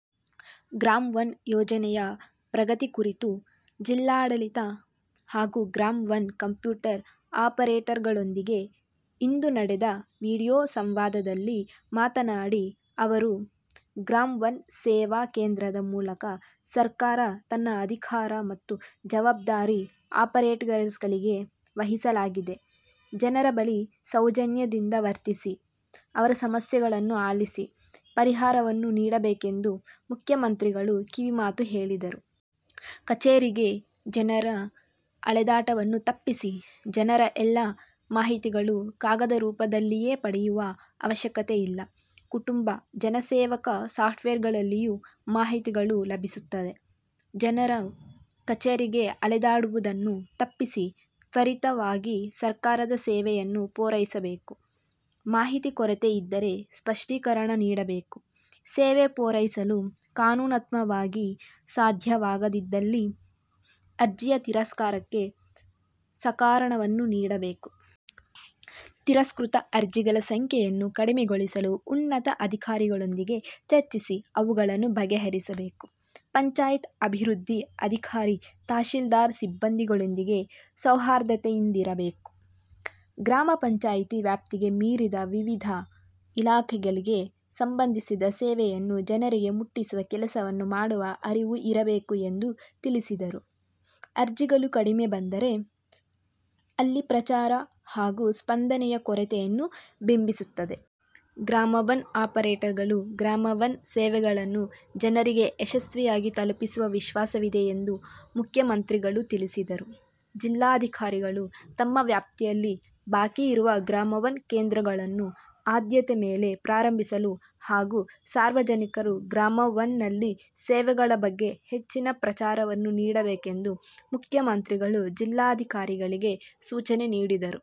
ಗ್ರಾಮ ಒನ್ ಯೋಜನೆಯ ಪ್ರಗತಿ ಕುರಿತು ಜಿಲ್ಲಾಡಳಿತ ಹಾಗೂ ಗ್ರಾಮ ಒನ್ ಕಂಪ್ಯೂಟರ್ ಆಪರೇಟರ್ಗಳೊಂದಿಗೆ ಇಂದು ನಡೆದ ವಿಡಿಯೋ ಸಂವಾದದಲ್ಲಿ ಮಾತನಾಡಿ ಅವರು, ಗ್ರಾಮ ಒನ್ ಸೇವಾ ಕೇಂದ್ರದ ಮೂಲಕ ಸರ್ಕಾರ ತನ್ನ ಅಧಿಕಾರ ಮತ್ತು ಜವಾಬ್ದಾರಿ ಆಪರೇಟರ್ಸ್ಗಳಿಗೆ ವಹಿಸಲಾಗಿದೆ. ಜನರ ಬಳಿ ಸೌಜನ್ಯದಿಂದ ವರ್ತಿಸಿ, ಅವರ ಸಮಸ್ಯೆಗಳನ್ನು ಆಲಿಸಿ, ಪರಿಹಾರವನ್ನು ನೀಡಬೇಕೆಂದು ಮುಖ್ಯಮಂತ್ರಿಗಳು ಕಿವಿಮಾತು ಹೇಳಿದರು. ಕಚೇರಿಗೆ ಜನರ ಅಲೆದಾಟವನ್ನು ತಪ್ಪಿಸಿ ಜನರ ಎಲ್ಲ ಮಾಹಿತಿಗಳು ಕಾಗದರೂಪದಲ್ಲಿಯೇ ಪಡೆಯುವ ಅವಶ್ಯಕತೆಯಿಲ್ಲ. 'ಕುಟುಂಬ' ಜನಸೇವಕ ಸಾಫ್ಟ್ವೇರ್ಗಲ್ಲಿಯೂ ಮಾಹಿತಿಗಳು ಲಭಿಸುತ್ತದೆ. ಜನರು ಕಚೇರಿಗೆ ಅಲೆದಾಡುವುದನ್ನು ತಪ್ಪಿಸಿ ತ್ವರಿತವಾಗಿ ಸರ್ಕಾರದ ಸೇವೆಯನ್ನು ಪೂರೈಸಬೇಕು. ಮಾಹಿತಿ ಕೊರತೆ ಇದ್ದರೆ ಸ್ಪಷ್ಟೀಕರಣ ನೀಡಬೇಕು. ಸೇವೆ ಪೂರೈಸಲು ಕಾನೂನಾತ್ಮಕವಾಗಿ ಸಾಧ್ಯವಾಗದಿದ್ದಲ್ಲಿ ಅರ್ಜಿಯ ತಿರಸ್ಕಾರಕ್ಕೆ ಸಕಾರಣವನ್ನು ನೀಡಬೇಕು. ತಿರಸ್ಕೃತ ಅರ್ಜಿಗಳ ಸಂಖ್ಯೆಯನ್ನು ಕಡಿಮೆಗೊಳಿಸಲು ಉನ್ನತ ಅಧಿಕಾರಿಗಳೊಂದಿಗೆ ಚರ್ಚಿಸಿ ಅವುಗಳನ್ನು ಬಗೆಹರಿಸಬೇಕು. ಪಂಚಾಯತ್ ಅಭಿವೃದ್ಧಿ ಅಧಿಕಾರಿ, ತಹಶೀಲ್ದಾರ್ ಸಿಬ್ಬಂದಿಗಳೊಂದಿಗೆ ಸೌಹಾರ್ದತೆಯಿಂದಿರಬೇಕು. ಗ್ರಾಮ ಪಂಚಾಯತಿ ವ್ಯಾಪ್ತಿಗೆ ಮೀರಿದ ವಿವಿಧ ಇಲಾಖೆಗಳಿಗೆ ಸಂಬಂಧಿಸಿದ ಸೇವೆಗಳನ್ನು ಜನರಿಗೆ ಮುಟ್ಟಿಸುವ ಕೆಲಸವನ್ನು ಮಾಡುವ ಅರಿವು ಇರಬೇಕು ಎಂದು ತಿಳಿಸಿದರು. ಅರ್ಜಿಗಳು ಕಡಿಮೆ ಬಂದರೆ, ಅಲ್ಲಿ ಪ್ರಚಾರ ಹಾಗೂ ಸ್ಪಂದನೆಯ ಕೊರತೆಯನ್ನು ಬಿಂಬಿಸುತ್ತದೆ. ಗ್ರಾಮ ಒನ್ ಆಪರೇಟರ್ಗಳು ಗ್ರಾಮ ಒನ್ ಸೇವೆಗಳನ್ನು ಜನರಿಗೆ ಯಶಸ್ವಿಯಾಗಿ ತಲುಪಿಸುವ ವಿಶ್ವಾಸವಿದೆ ಎಂದು ಮುಖ್ಯಮಂತ್ರಿಗಳು ತಿಳಿಸಿದರು. ಜಿಲ್ಲಾಧಿಕಾರಿಗಳು ತಮ್ಮ ವ್ಯಾಪ್ತಿಯಲ್ಲಿ ಬಾಕಿ ಇರುವ ಗ್ರಾಮ ಒನ್ ಕೇಂದ್ರಗಳನ್ನು ಆದ್ಯತೆ ಮೇಲೆ ಪ್ರಾರಂಭಿಸಲು ಹಾಗೂ ಸಾರ್ವಜನಿಕರು ಗ್ರಾಮ ಒನ್ನಲ್ಲಿ ಸೇವೆಗಳ ಬಗ್ಗೆ ಹೆಚ್ಚಿನ ಪ್ರಚಾರವನ್ನು ನೀಡಬೇಕೆಂದು ಮುಖ್ಯಮಂತ್ರಿಗಳು ಜಿಲ್ಲಾಧಿಕಾರಿಗಳಿಗೆ ಸೂಚನೆ ನೀಡಿದರು.